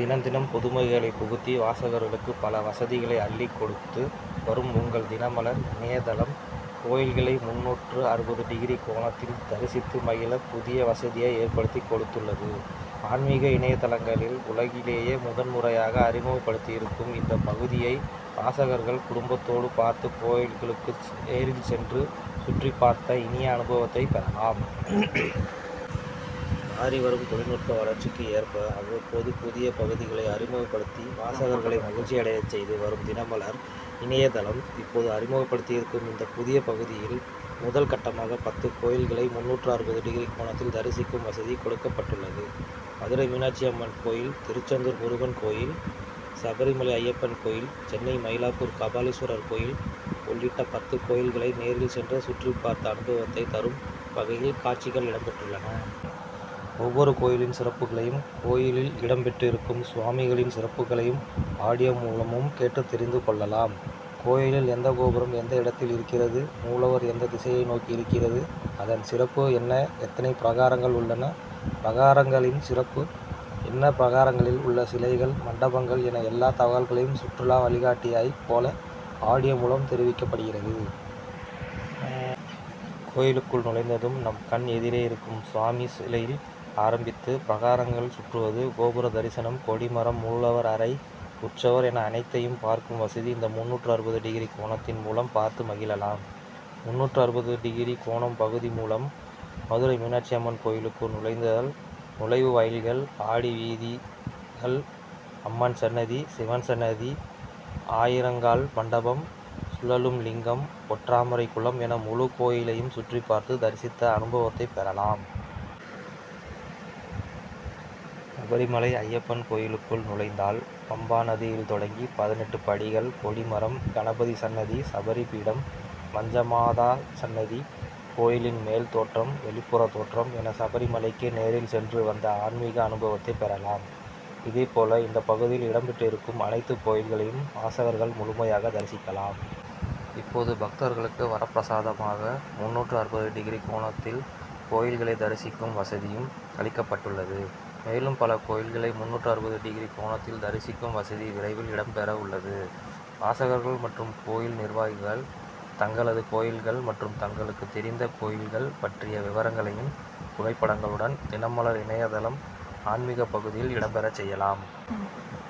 தினம் தினம் புதுமைகளை புகுத்தி வாசகர்களுக்கு பல வசதிகளை அள்ளிக் கொடுத்து வரும் உங்கள் தினமலர் இணைய தளம் கோயில்களை முன்னூற்று அறுபது டிகிரி கோணத்தில் தரிசித்து மகிழ புதிய வசதியை ஏற்படுத்திக் கொடுத்துள்ளது. ஆன்மிக இணைய தளங்களில் உலகிலேயே முதன் முறையாக அறிமுகப்படுத்தியிருக்கும் இந்த பகுதியை வாசகர்கள் குடும்பத்தோடு பார்த்து கோயில்களுக்கு நேரில் சென்று சுற்றிப்பார்த்த இனிய அனுபவத்தை பெறலாம். மாறிவரும் தொழில்நுட்ப வளர்ச்சிக்கு ஏற்ப அவ்வப்போது புதிய பகுதிகளை அறிமுகப்படுத்தி வாசகர்களை மகிழ்ச்சியடையச் செய்து வரும் தினமலர் இணைய தளம் இப்போது அறிமுகப்படுத்தியிருக்கும் இந்த புதிய பகுதியில் முதல் கட்டமாக பத்து கோயில்களை முன்னூற்று அறுபது டிகிரி கோணத்தில் தரிசிக்கும் வசதி கொடுக்கப்பட்டுள்ளது. மதுரை மீனாட்சி அம்மன் கோயில் திருச்செந்தூர் முருகன் கோயில் சபரிமலை ஐயப்பன் கோயில் சென்னை மயிலாப்பூர் கபாலீஸ்வரர் கோயில் உள்ளிட்ட பத்து கோயில்களை நேரில் சென்று சுற்றிப்பார்த்த அனுபவத்தை தரும் வகையில் காட்சிகள் இடம்பெற்றுள்ளன. ஒவ்வொரு கோயிலின் சிறப்புகளையும் கோயிலில் இடம்பெற்றிருக்கும் சுவாமிகளின் சிறப்புகளையும் ஆடியோ மூலமும் கேட்டுத் தெரிந்து கொள்ளலாம். கோயிலில் எந்த கோபுரம் எந்த இடத்தில் இருக்கிறது மூலவர் எந்த திசையை நோக்கி இருக்கிறது அதன் சிறப்பு என்ன எத்தனை பிரகாரங்கள் உள்ளன பிரகாரங்களின் சிறப்பு என்ன பிரகாரங்களில் உள்ள சிலைகள் மண்டபங்கள் என எல்லா தகவல்களையும் சுற்றுலா வழிகாட்டியைப் போல ஆடியோ மூலம் தெரிவிக்கப்படுகிறது. கோயிலுக்குள் நுழைந்ததும் நம் கண் எதிரே இருக்கும் சுவாமி சிலையில் ஆரம்பித்து பிரகாரங்களை சுற்றுவது கோபுர தரிசனம் கொடிமரம் மூலவர் அறை உற்சவர் என அனைத்தையும் பார்க்கும் வசதி இந்த முன்னூற்று அறுபது டிகிரி கோணத்தின் மூலம் பார்த்து மகிழலாம். முன்னூற்று அறுபது டிகிரி கோணம் பகுதி மூலம் மதுரை மீனாட்சி அம்மன் கோயிலுக்குள் நுழைந்தால் நுழைவு வாயில்கள் ஆடி வீதிகள் அம்மன் சன்னதி சிவன் சன்னதி ஆயிரங்கால் மண்டபம் சுழலும் லிங்கம் பொற்றாமரை குளம் என முழு கோயிலையும் சுற்றிப்பார்த்து தரிசித்த அனுபவத்தைப் பெறலாம். சபரிமலை ஐயப்பன் கோயிலுக்குள் நுழைந்தால் பம்பா நதியில் தொடங்கி பதினெட்டு படிகள் கொடிமரம் கணபதி சன்னதி சபரி பீடம் மஞ்சமாதா சன்னதி கோயிலின் மேல் தோற்றம் வெளிப்புற தோற்றம் என சபரிமலைக்கே நேரில் சென்று வந்த ஆன்மிக அனுபவத்தை பெறலாம். இதேபோல இந்த பகுதியில் இடம்பெற்றிருக்கும் அனைத்து கோயில்களையும் வாசகர்கள் முழுமையாக தரிசிக்கலாம். இப்போது பக்தர்களுக்கு வரப்பிரசாதமாக முன்னூற்று அறுபது டிகிரி கோணத்தில் கோயில்களை தரிசிக்கும் வசதியும் அளிக்கப்பட்டுள்ளது. மேலும் பல கோயில்களை முன்னூற்று அறுபது டிகிரி கோணத்தில் தரிசிக்கும் வசதி விரைவில் இடம்பெறவுள்ளது. வாசகர்கள் மற்றும் கோயில் நிர்வாகிகள் தங்களது கோயில்கள் மற்றும் தங்களுக்கு தெரிந்த கோயில்கள் பற்றிய விவரங்களையும் புகைப்படங்களுடன் தினமலர்இணைய தளம் ஆன்மிக பகுதியில் இடம்பெறச் செய்யலாம்.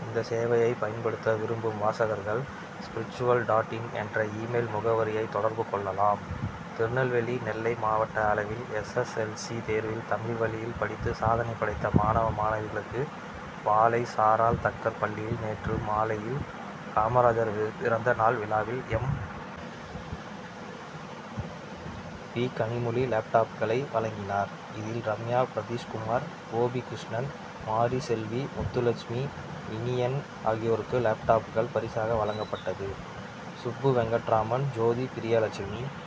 இந்த சேவையை பயன்படுத்த விரும்பும் வாசகர்கள் ஸ்பிரிச்சுவல் டாட் இன் என்ற இ மெயில் முகவரியை தொடர்பு கொள்ளலாம். திருநெல்வேலி நெல்லை மாவட்ட அளவில் எஸ். எஸ். எல். சி தேர்வில் தமிழ் வழியில் படித்து சாதனை படைத்த மாணவ மாணவிகளுக்கு பாளை சாராள் தக்கர் பள்ளியில் நேற்று மாலையில் காமராஜர் பிறந்த நாள் விழாவில் எம். பி கனிமொழி லேப்டாப்களை வழங்கினார். இதில் ரம்யா பிரதீஷ்குமார் கோபி கிருஷ்ணன் மாரி செல்வி முத்துலட்சுமி இனியன் ஆகியோருக்கு லேப்டாப்கள் பரிசாக வழங்கப்பட்டது. சுப்பு வெங்கட்ராமன் ஜோதி பிரியலட்சுமி